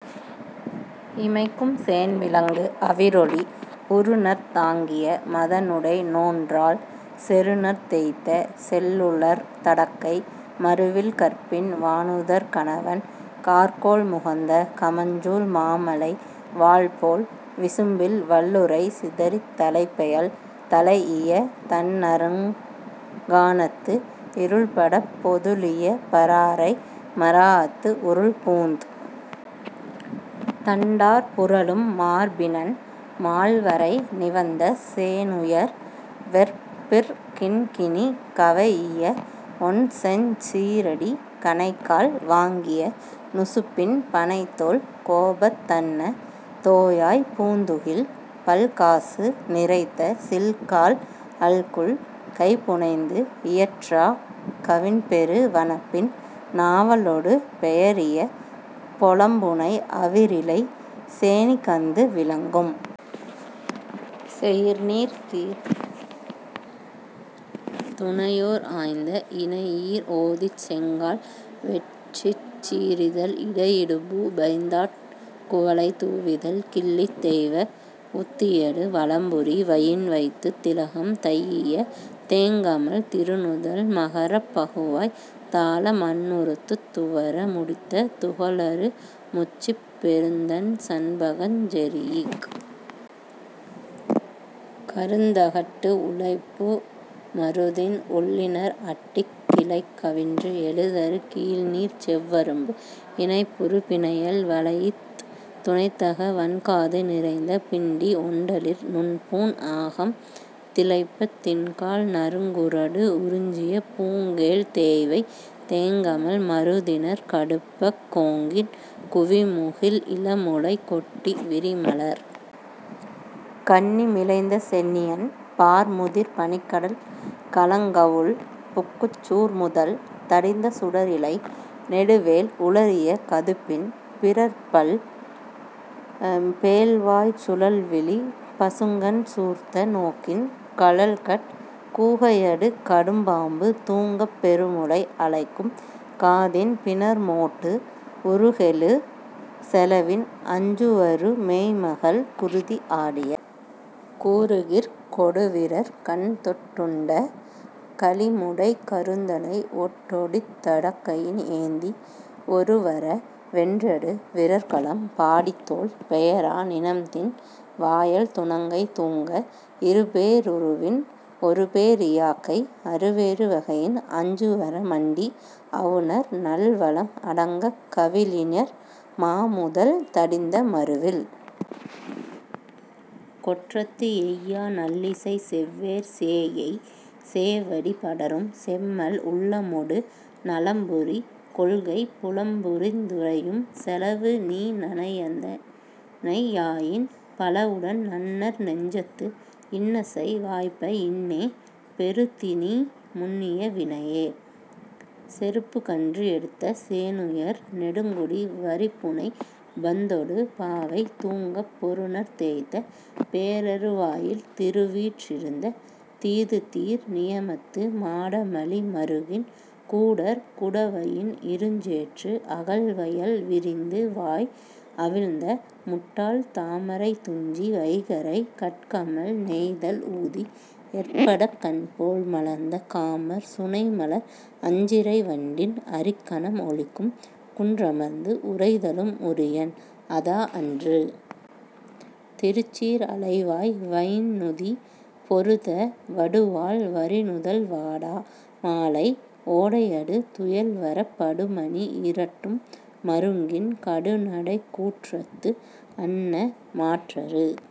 இமைக்கும் சேண்விளங்கு அவிரொளி உறுநர்த் தாங்கிய மதனுடை நோன்றாள் செறுநர்த் தேய்த்த செல்லுறழ் தடக்கை மறுவில் கற்பின் வாணுதற் கணவன் கார்கோள் முகந்த கமஞ்சூல் மாமழை வாள்போழ் விசும்பில் வள்ளுறை சிதறித் தலைப்பெயல் தலை இய தண்ணறுங் கானத்து இருள்படப் பொதுளிய பராரை மராஅத்து உருள்பூந் தண்டார் புரளும் மார்பினன், மால்வரை நிவந்த சேணுயர் வெற்பிற் கிண்கிணி கவைஇய ஒண்செஞ் சீறடி, கணைக்கால் வாங்கிய நுசுப்பின், பணைத்தோள், கோபத் தன்ன தோயாப் பூந்துகில், பல்காசு நிரைத்த சில்காழ் அல்குல், கைபுனைந்து இயற்றாக் கவின்பெறு வனப்பின், நாவலொடு பெயரிய பொலம்புனை அவிரிழை, சேணிகந்து விளங்கும் செயிர்தீர் மேனி, துணையோர் ஆய்ந்த இணையீர் ஓதிச் செங்கால் வெட்சிச் சீறிதழ் இடையிடுபு பைந்தாட் குவளைத் தூவிதழ் கிள்ளித் தெய்வ வுத்தியடு வலம்புரி வயின்வைத்துத் திலகம் தைஇய தேங்கமழ் திருநுதல் மகரப் பகுவாய் தாழமண் ணுறுத்துத் துவர முடித்த துகளறு முச்சிப் பெருந்தண் சண்பகஞ் செரீஇக் கருந்தகட்டு உளைப்பூ மருதின் ஒள்ளிணர் அட்டிக் கிளைக்கவின்று எழுதரு கீழ்நீர்ச் செவ்வரும்பு இணைப்புறு பிணையல் வளைஇத் துணைத்தக வண்காது நிறைந்த பிண்டி ஒண்டளிர் நுண்பூண் ஆகம் திளைப்பத் திண்காழ் நறுங்குறடு உரிஞ்சிய பூங்கேழ்த் தேய்வை தேங்கமழ் மருதிணர் கடுப்பக் கோங்கின் குவிமுகிழ் இளமுலைக் கொட்டி விரிமலர் கண்ணி மிலைந்த சென்னியன், பார்முதிர் பனிக்கடல் கலங்கவுள் புக்குச் சூர்முதல் தடிந்த சுடரிலை நெடுவேல் உலறிய கதுப்பின் பிறழ்பற் பேழ்வாய்ச் சுழல்விழிப் பசுங்கண் சூர்த்த நோக்கின் கழல்கட் கூகையடு கடும்பாம்பு தூங்கப் பெருமுலை அலைக்கும் காதின் பிணர்மோட்டு உருகெழு செலவின் அஞ்சுவரு பேய்மகள் குருதி ஆடிய கூருகிர்க் கொடுவிரற் கண்தொட் டுண்ட கழிமுடைக் கருந்தலை ஒண்டொடித் தடக்கையின் ஏந்தி வெருவர வென்றடு விறற்களம் பாடித்தோள் பெயரா நிணம்தின் வாயள் துணங்கை தூங்க இருபே ருருவின் ஒருபே ரியாக்கை அறுவேறு வகையின் அஞ்சுவர மண்டி அவுணர் நல்வலம் அடங்கக் கவிழிணர் மாமுதல் தடிந்த மறுவில் கொற்றத்து எய்யா நல்லிசைச் செவ்வேற் சேஎய்,- சேவடி படரும் செம்மல் உள்ளமொடு நலம்புரி கொள்கைப் புலம்புரிந் துறையும் செலவுநீ நயந்தனை யாயின், பலவுடன் நன்னர் நெஞ்சத்து இன்னசை வாய்ப்ப இன்னே பெறுதிநீ முன்னிய வினையே: செருப்புகன்று எடுத்த சேணுயர் நெடுங்கொடி வரிப்புனை பந்தொடு பாவை தூங்கப் பொருநர்த் தேய்த்த போரரு வாயில் திருவீற் றிருந்த தீதுதீர் நியமத்து மாடமலி மறுகின் கூடற் குடவயின் இருஞ்சேற்று அகல்வயல் விரிந்துவாய் அவிழ்ந்த முட்டாள் தாமரைத் துஞ்சி வைகறைக் கட்கமழ் நெய்தல் ஊதி எற்படக் கண்போல் மலர்ந்த காமர் சுனைமலர் அஞ்சிறை வண்டின் அரிக்கணம் ஒலிக்கும் குன்றமர்ந்து உறைதலும் உரியன்; அதாஅன்று,. திருச்சீர் அலைவாய் வைந்நுதி பொருத வடுவாழ் வரிநுதல் வாடா மாலை ஓடையடு துயல்வரப் படுமணி இரட்டும் மருங்கின் கடுநடைக் கூற்றத்து அன்ன மாற்றரு